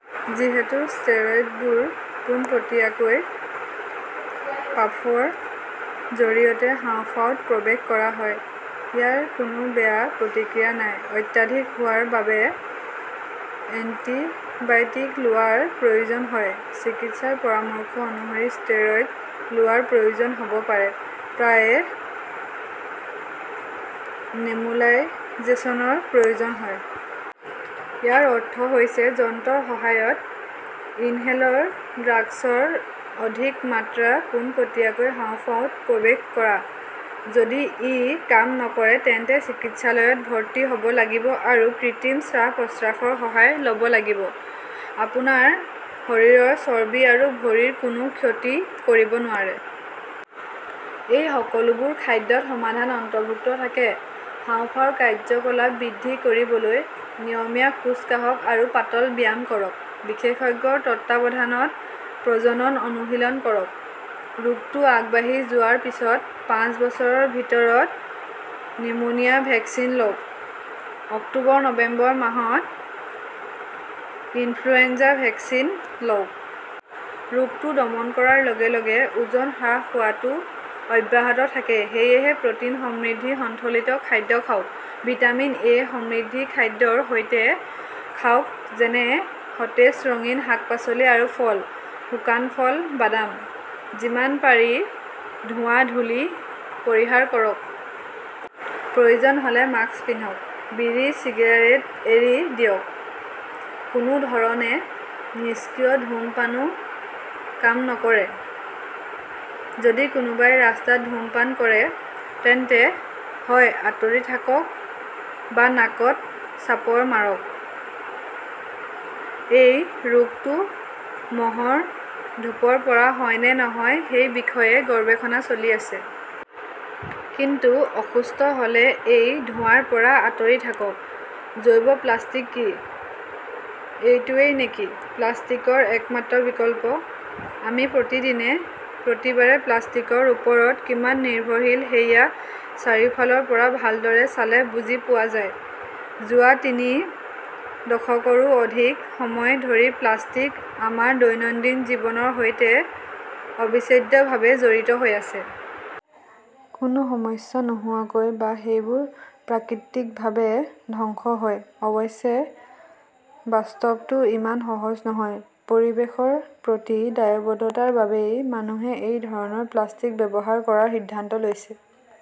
যিহেতু ষ্টেৰইডবোৰ পোনপটীয়াকৈ পাফৰ জৰিয়তে হাঁওফাঁওত প্ৰৱেশ কৰা হয়, ইয়াৰ কোনো বেয়া প্ৰতিক্ৰিয়া নাই। অত্যাধিক হোৱাৰ বাবে এন্টিবায়টিক লোৱাৰ প্ৰয়োজন হয়। চিকিৎসকৰ পৰামৰ্শ অনুসৰি ষ্টেৰইড লোৱাৰ প্ৰয়োজন হব পাৰে। প্ৰায়ে নেবুলাইজেচনৰ প্ৰয়োজন হয়। ইয়াৰ অৰ্থ হৈছে যন্ত্ৰৰ সহায়ত ইনহেলৰ ড্ৰাগছৰ অধিক মাত্ৰা পোনপটীয়াকৈ হাঁওফাঁওত প্ৰৱেশ কৰা। যদি ই কাম নকৰে তেন্তে চিকিৎসালয়ত ভৰ্তি হব লাগিব আৰু কৃত্ৰিম শ্বাস-প্ৰশ্বাসৰ সহায় লব লাগিব। আপোনাৰ শৰীৰৰ চৰ্বি আৰু ভৰিৰ কোনো ক্ষতি কৰিব নোৱাৰে? এই সকলোবোৰ খাদ্যত সমাধান অন্তৰ্ভুক্ত থাকেঃ হাঁওফাঁওৰ কাৰ্য্যকলাপ বৃদ্ধি কৰিবলৈ নিয়মীয়া খোজ কাঢ়ক আৰু পাতল ব্যায়াম কৰক। বিশেষজ্ঞৰ তত্বাৱধানত প্ৰজনন অনুশীলন কৰক। ৰোগটো আগবাঢ়ি যোৱাৰ পিছত পাঁচ বছৰৰ ভিতৰত নিউমোনিয়া ভেকচিন লওক। অক্টোবৰ-নৱেম্বৰ মাহত ইনফ্লুৱেঞ্জা ভেকচিন লওক। ৰোগটো দমন কৰাৰ লগে লগে ওজন হ্ৰাস হোৱাটো অব্যাহত থাকে। সেয়েহে, প্ৰ 'টিন সমৃদ্ধ সন্তুলিত খাদ্য খাওক। ভিটামিন এ সমৃদ্ধ খাদ্যৰ সৈতে খাওক-যেনে সতেজ ৰঙীন শাক-পাচলি আৰু ফল, শুকান ফল, বাদাম। যিমান পাৰি ধোঁৱা, ধূলি পৰিহাৰ কৰক। প্ৰয়োজন হলে মাস্ক পিন্ধক। বিড়ি-চিগাৰেট এৰি দিয়ক। কোনো ধৰণে নিষ্ক্ৰিয় ধূমপানও কাম নকৰে। যদি কোনোবাই ৰাস্তাত ধূমপান কৰে তেন্তে হয় আঁতৰি থাকক বা নাকত চাপৰ মাৰক। এই ৰোগটো মহৰ ধূপৰ পৰা হয় নে নহয় সেই বিষয়ে গৱেষণা চলি আছে। কিন্তু অসুস্থ হলে এই ধোঁৱাৰ পৰা আঁতৰি থাকক। জৈৱ-প্লাষ্টিক কি? এইটোৱেই নেকি প্লাষ্টিকৰ একমাত্ৰ বিকল্প? আমি প্ৰতিদিনে, প্ৰতিবাৰে প্লাষ্টিকৰ ওপৰত কিমান নিৰ্ভৰশীল সেয়া চাৰিওফালৰ পৰা ভালদৰে চালে বুজি পোৱা যায়। যোৱা তিনি দশকৰো অধিক সময় ধৰি প্লাষ্টিক আমাৰ দৈনন্দিন জীৱনৰ সৈতে অবিচ্ছেদ্যভাৱে জড়িত হৈ আছে। কোনো সমস্যা নোহোৱাকৈ বা সেইবোৰ প্ৰাকৃতিকভাৱে ধ্বংস হয়। অৱশ্যে, বাস্তৱটো ইমান সহজ নহয়। পৰিৱেশৰ প্ৰতি দায়বদ্ধতাৰ বাবেই মানুহে এই ধৰণৰ প্লাষ্টিক ব্যৱহাৰ কৰাৰ সিদ্ধান্ত লৈছে।